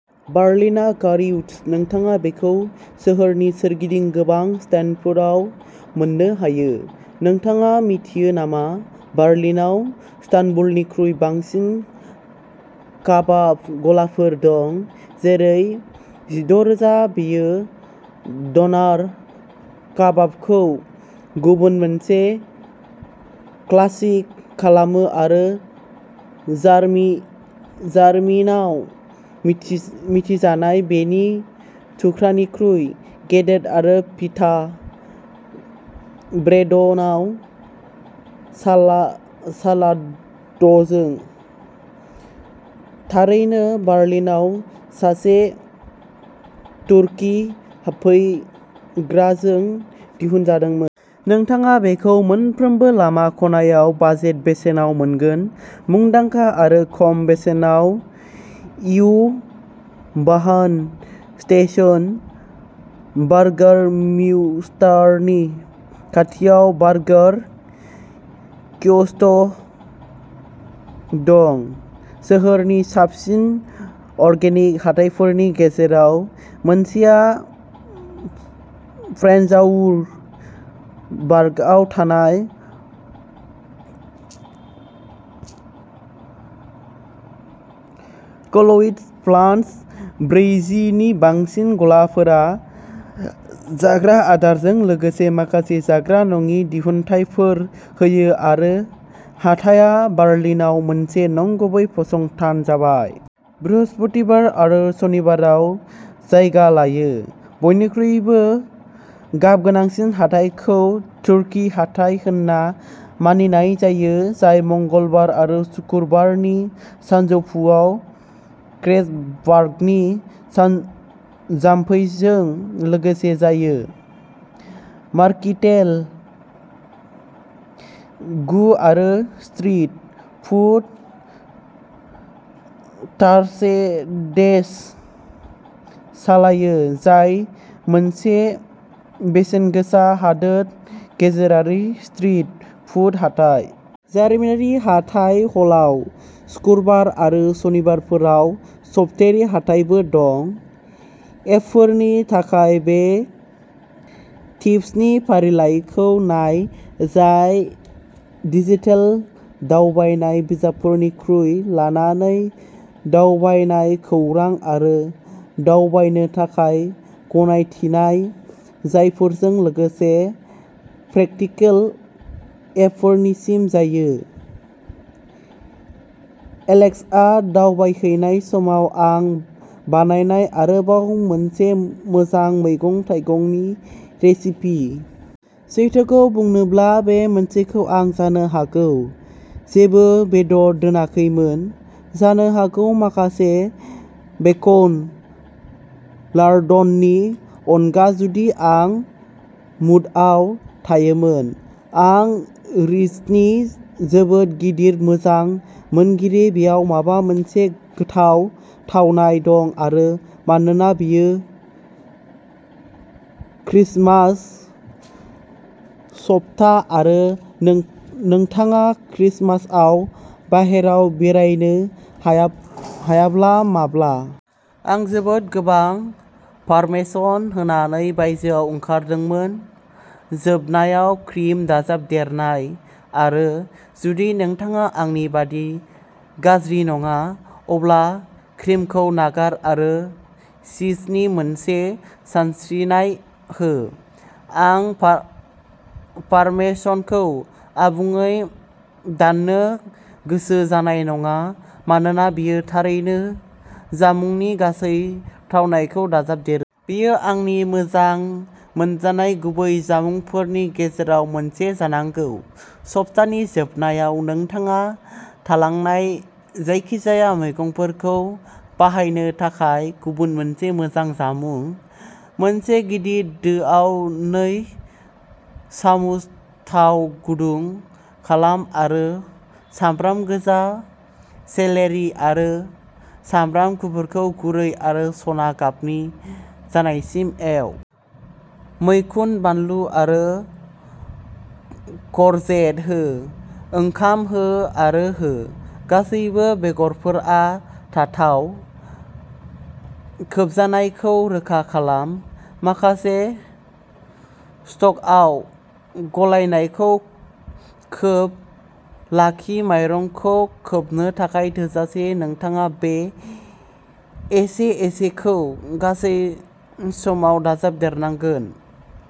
बार्लिना कारिउर्स्ट। नोंथाङा बेखौ सोहोरनि सोरगिदिं गोबां स्टेन्डफोराव मोननो हायो। नोंथाङा मिथियो नामा बार्लिनाव इस्तानबुलनिख्रुइ बांसिन काबाब गलाफोर दं जेरै जिद' रोजा। बेयो ड'नार काबाबखौ गुबुन मोनसे क्लासिक खालामो आरो जारमि मिथि जार्मानियाव मिथिजानाय बेनि थुख्रानिफ्राय बेदर आरो पिटा ब्रेडआव साला सालादजों, थारैनो बार्लिनाव सासे तुर्की हाबफैग्राजों दिहुनजादोंमोन। नोंथाङा बेखौ मोनफ्रोमबो लामा खनायाव बाजेट बेसेनाव मोनगोन। मुंदांखा आरो खम बेसेनाव इउ-बाहान स्टेशन, बार्गारमिस्टारनि खाथियाव बार्गार कियस्क दं। सोहोरनि साबसिन अर्गेनिक हाथाइफोरनि गेजेराव मोनसेआ प्रेनज्लाउर बर्गआव थानाय कलविट्जप्लात्ज। ब्रैजि नि बांसिन गलाफोरा जाग्रा आदारजों लोगोसे माखासे जाग्रा नङि दिहुनथायफोर होयो आरो हाथाया बार्लिनाव मोनसे नंगुबै फसंथान जाबाय। बृहस्पतिबार आरो सनिबाराव जायगा लायो। बयनिख्रुइबो गाबगोनांसिन हाथाइखौ तुर्की हाथाइ होनना मानिनाय जायो, जाय मंगलबार आरो सुक्रुबारनि सानजौफुआव क्रेजबार्गनि सान जाम्फैजों लोगोसे जायो। मार्कथेल गु आ स्ट्रीट फुड थार्सडेस सालायो, जाय मोनसे बेसेनगोसा हादोर गेजेरारि स्ट्रीट फुड हाथाइ। जारिमिनारि हाथाइ हलाव सुक्रुबार आरो सनिबारफोराव सप्तायारि हाथायफोरबो दं। एपफोरनि थाखाय बे टिप्सनि फारिलाइखौ नाय, जाय डिजिटेल दावबायनाय बिजाबफोरनिफ्राय लानानै दावबायनाय, खौरां आरो दावबायनो थाखाय गनायथिनाय जायगाफोरजों लोगोसे प्रेकटिकल एपफोरसिम जायो। एलेक्सआ दावबायहैनाय समाव आं बानायनाय आरोबाव मोनसे मोजां मैगं-थाइगंनि रेसिपि। सैथोखौ बुंनोब्ला, बे मोनसेखौ आं जानो हागौ जेबो बेदर दोनाखैमोन। जानो हागौ माखासे बेकन लार्डननि अनगा जुदि आं मुडआव थायोमोन। आं रिस'ट'नि जोबोद गिदिर मोजां मोनगिरि, बेयाव माबा मोनसे गोथाव थावनाय दं आरो मानोना बेयो क्रिसमास सप्ता आरो नों-नोंथाङा क्रिसमासआव बाहेरायाव बेरायनो हायाब्ला माब्ला? आं जोबोद गोबां पार्मेसान होनानै बायजोआव ओंखारदोंमोन। जोबनायाव क्रिम दाजाबदेरनाय आरो। जुदि नोंथाङा आंनि बायदि गाज्रि नङा, अब्ला क्रिमखौ नागार आरो चीजनि मोनसे सारस्रिनाय हो। आं पा-पारमेसानखौ आबुङै दाननो गोसो जानाय नङा मानोना बेयो थारैनो जामुंनि गासै थावनायखौ दाजाबदेरो। बेयो आंनि मोजां मोनजानाय गुबै जामुंफोरनि गेजेराव मोनसे जानांगौ, सप्तानि जोबनायाव नोंथाङा थालांनाय जायखिजाया मैगंफोरखौ बाहायनो थाखाय गुबुन मोनसे मोजां जामुं। मोनसे गिदिर दोआव नै सामुस थाव गुदुं खालाम आरो सामब्राम गोजा, सेलेरि आरो सामब्राम गुफुरखौ गुरै आरो सना गाबनि जानायसिम एव। मैखुन, बानलु आरो करजेट हो। ओंखाम हो आरो हो, गासैबो बेगरफोरा थावाव खोबजानायखौ रोखा खालाम। माखासे स्टकआव गलायनायखौ खोब, खालि माइरंखौ खोबनो थाखाय थोजासे, नोंथाङा बे एसे-एसेखौ गासै समाव दाजाबदेरनांगोन।